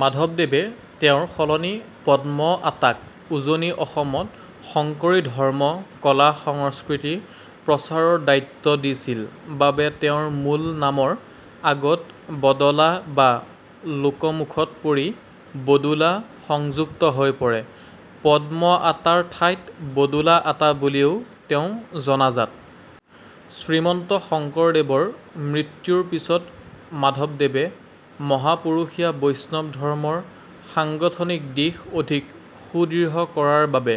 মাধবদেৱে তেওঁৰ সলনি পদ্ম আতাক উজনি অসমত শংকৰী ধৰ্ম-কলা-সংস্কৃতি প্ৰচাৰৰ দায়িত্ব দিছিল বাবে তেওঁৰ মূল নামৰ আগত "বদলা'' বা লোকমুখত পৰি "বদুলা'' সংযুক্ত হৈ পৰে। পদ্ম আতাৰ ঠাইত "বদুলা আতা'' বুলিও তেওঁ জনাজাত।। শ্ৰীমন্ত শংকৰদেৱৰ মৃত্যুৰ পিছত মাধৱদেৱে মহাপুৰুষীয়া বৈষ্ণৱ ধৰ্মৰ সাংগঠনিক দিশ অধিক সুদৃঢ় কৰাৰ বাবে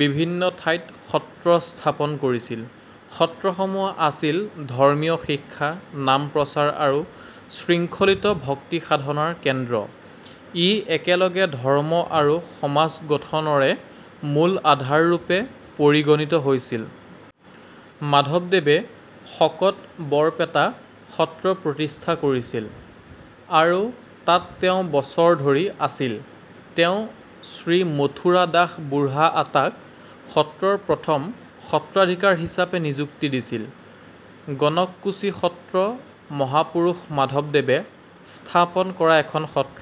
বিভিন্ন ঠাইত সত্ৰ স্থাপন কৰিছিল। সত্ৰসমূহ আছিল ধৰ্মীয় শিক্ষা, নাম-প্ৰচাৰ আৰু শৃংখলিত ভক্তিসাধনাৰ কেন্দ্ৰ। ই একেলগে ধৰ্ম আৰু সমাজ গঠনৰে মূল আধাৰ ৰূপে পৰিগণিত হৈছিল। মাধৱদেৱে শকত বৰপেটা সত্ৰ প্ৰতিষ্ঠা কৰিছিল আৰু তাত তেওঁ বছৰ ধৰি আছিল। তেওঁ শ্ৰীমথুৰা দাস বুঢ়া আতা ক সত্ৰৰ প্ৰথম সত্ৰাধিকাৰ হিচাপে নিযুক্তি দিছিল। গণককুছি সত্ৰ মহাপুৰুষ মাধৱদেৱে স্থাপন কৰা এখন সত্ৰ।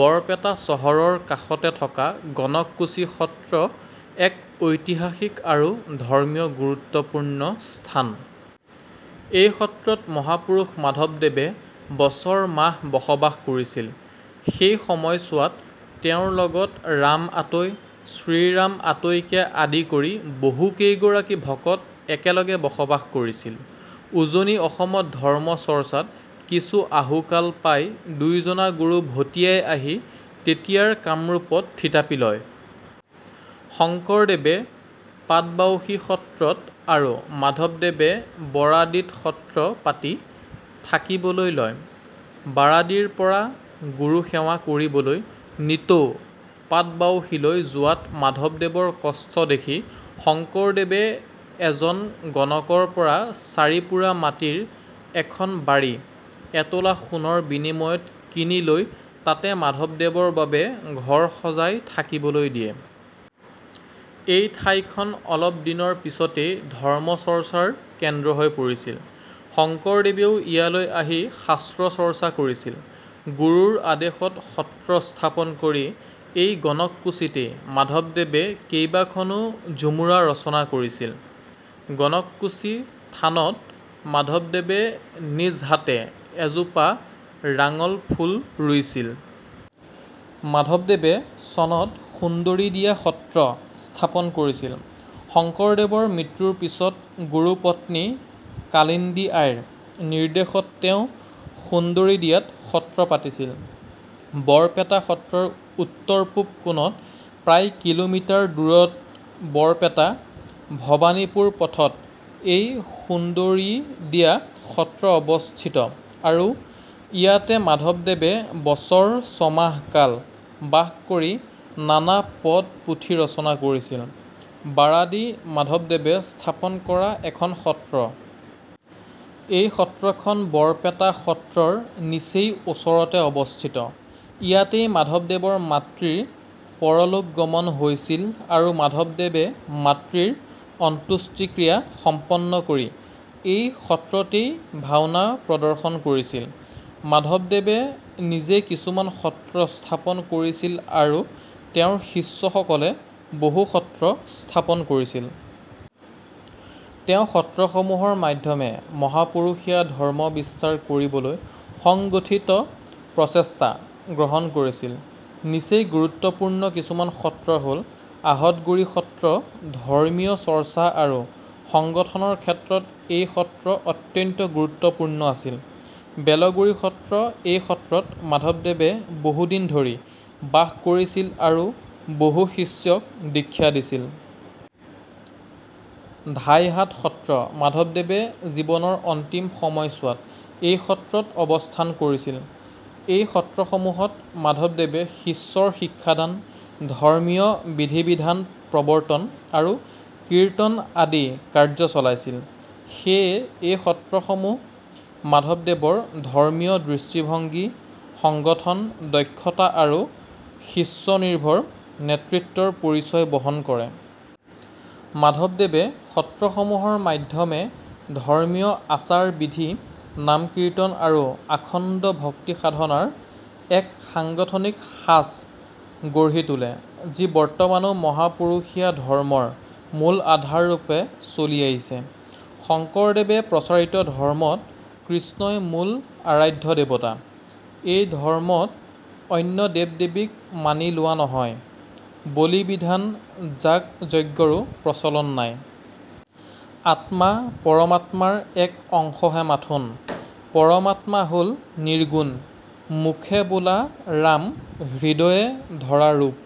বৰপেটা চহৰৰ কাষতে থকা গণককুছি সত্ৰ এক ঐতিহাসিক আৰু ধৰ্মীয় গুৰুত্বপূৰ্ণ স্থান। এই সত্ৰত মহাপুৰুষ মাধৱদেৱে বছৰ মাহ বসবাস কৰিছিল। সেই সময়ছোৱাত তেওঁৰ লগত ৰাম আতৈ, শ্ৰীৰাম আতৈকে আদি কৰি বহুকেইগৰাকী ভকত একেলগে বসবাস কৰিছিল। উজনি অসমত ধৰ্ম চৰ্চাত কিছু আহুকাল পাই দুয়োজনা গুৰু ভটিয়াই আহি তেতিয়াৰ কামৰূপত থিতাপি লয়। শংকৰদেৱে পাটবাউসী সত্ৰ ত আৰু মাধবদেৱে বৰাদিত সত্ৰ পাতি থাকিবলৈ লয়। বাৰাদিৰ পৰা গুৰুসেৱা কৰিবলৈ নিতৌ পাটবাউসীলৈ যোৱাত মাধবদেৱৰ কষ্ট দেখি শংকৰদেৱে এজন গণকৰ পৰা চাৰি পুৰা মাটিৰ এখন বাৰী এতোলা সোণৰ বিনিময়ত কিনি লৈ তাতে মাধবদেৱৰ বাবে ঘৰ সজাই থাকিবলৈ দিয়ে। এই ঠাইখন অলপ দিনৰ পিছতেই ধৰ্ম চৰ্চাৰ কেন্দ্ৰ হৈ পৰিছিল। শংকৰদেৱেও ইয়ালৈ আহি শাস্ত্ৰচৰ্চা কৰিছিল। গুৰুৰ আদেশত সত্ৰ স্থাপন কৰি এই গণককুছিতেই মাধবদেৱে কেইবাখনো ঝুমুৰা ৰচনা কৰিছিল। গণককুছি থানত মাধৱদেৱে নিজ হাতে এজোপা ৰাঙল ফুল ৰুইছিল। মাধৱদেৱে চনত সুন্দৰীদিয়া সত্ৰ স্থাপন কৰিছিল৷ শংকৰদেৱৰ মৃত্যুৰ পিছত গুৰুপত্নী কালিন্দী আইৰ নিৰ্দেশত তেওঁ সুন্দৰীদিয়াত সত্ৰ পাতিছিল। বৰপেটা সত্ৰৰ উত্তৰ পূব কোণত প্ৰায় কিলোমিটাৰ দূৰত বৰপেটা ভবানীপুৰ পথত এই সুন্দৰীদিয়া সত্ৰ অৱস্থিত আৰু ইয়াতে মাধবদেৱে বছৰ ছমাহ কাল বাস কৰি নানা পদ-পুথি ৰচনা কৰিছিল৷ বাৰাদি মাধৱদেৱে স্থাপন কৰা এখন সত্ৰ। এই সত্ৰখন বৰপেটা সত্ৰৰ নিচেই ওচৰতে অৱস্থিত। ইয়াতেই মাধৱদেৱৰ মাতৃৰ পৰলোকগমন হৈছিল আৰু মাধৱদেৱে মাতৃৰ অন্ত্যোষ্টিক্ৰিয়া সম্পন্ন কৰি এই সত্ৰতেই ভাওনা প্ৰদৰ্শন কৰিছিল। মাধৱদেৱে নিজে কিছুমান সত্ৰ স্থাপন কৰিছিল আৰু তেওঁৰ শিষ্যসকলে বহু সত্ৰ স্থাপন কৰিছিল। তেওঁ সত্ৰসমূহৰ মাধ্যমে মহাপুৰুষীয়া ধৰ্ম বিস্তাৰ কৰিবলৈ সংগঠিত প্ৰচেষ্টা গ্ৰহণ কৰিছিল। নিচেই গুৰুত্বপূৰ্ণ কিছুমান সত্ৰ হ'ল— আহতগুৰি সত্ৰ ধৰ্মীয় চৰ্চা আৰু সংগঠনৰ ক্ষেত্ৰত এই সত্ৰ অত্যন্ত গুৰুত্বপূৰ্ণ আছিল। বেলগুৰি সত্ৰ এই সত্ৰত মাধৱদেৱে বহুদিন ধৰি বাস কৰিছিল আৰু বহু শিষ্যক দীক্ষা দিছিল। ধাইহাট সত্ৰ মাধৱদেৱে জীবনৰ অন্তিম সময়চোৱাত এই সত্ৰত অৱস্থান কৰিছিল। এই সত্ৰসমূহত মাধৱদেৱে শিষ্যৰ শিক্ষাদান, ধৰ্মীয় বিধিবিধান প্ৰৱৰ্তন আৰু কীৰ্তন আদি কাৰ্য চলাইছিল। সেয়ে এই সত্ৰসমূহ মাধৱদেৱৰ ধৰ্মীয় দৃষ্টিভংগী, সংগঠন দক্ষতা আৰু শিষ্যনিৰ্ভৰ নেতৃত্বৰ পৰিচয় বহন কৰে। মাধৱদেৱে সত্ৰসমূহৰ মাধ্যমে ধৰ্মীয় আচাৰ-বিধি, নাম-কীৰ্তন আৰু আখণ্ড ভক্তিসাধনাৰ এক সাংগঠনিক সাঁচ গঢ়ি তোলে, যি বৰ্তমানো মহাপুৰুষীয়া ধৰ্মৰ মূল আধাৰ ৰূপে চলি আহিছে। শংকৰদেৱে প্ৰচাৰিত ধৰ্মত কৃষ্ণই মূল আৰাধ্য দেৱতা। এই ধৰ্মত অন্য দেৱ-দেৱীক মানি লোৱা নহয়, বলি-বিধান, যাগ-যজ্ঞৰো প্ৰচলন নাই। আত্মা পৰমাত্মাৰ এক অংশহে মাথোন। পৰমাত্মা হ'ল নিৰ্গুণ। "মুখে বোলা ৰাম, হৃদয়ে ধৰা ৰূপ।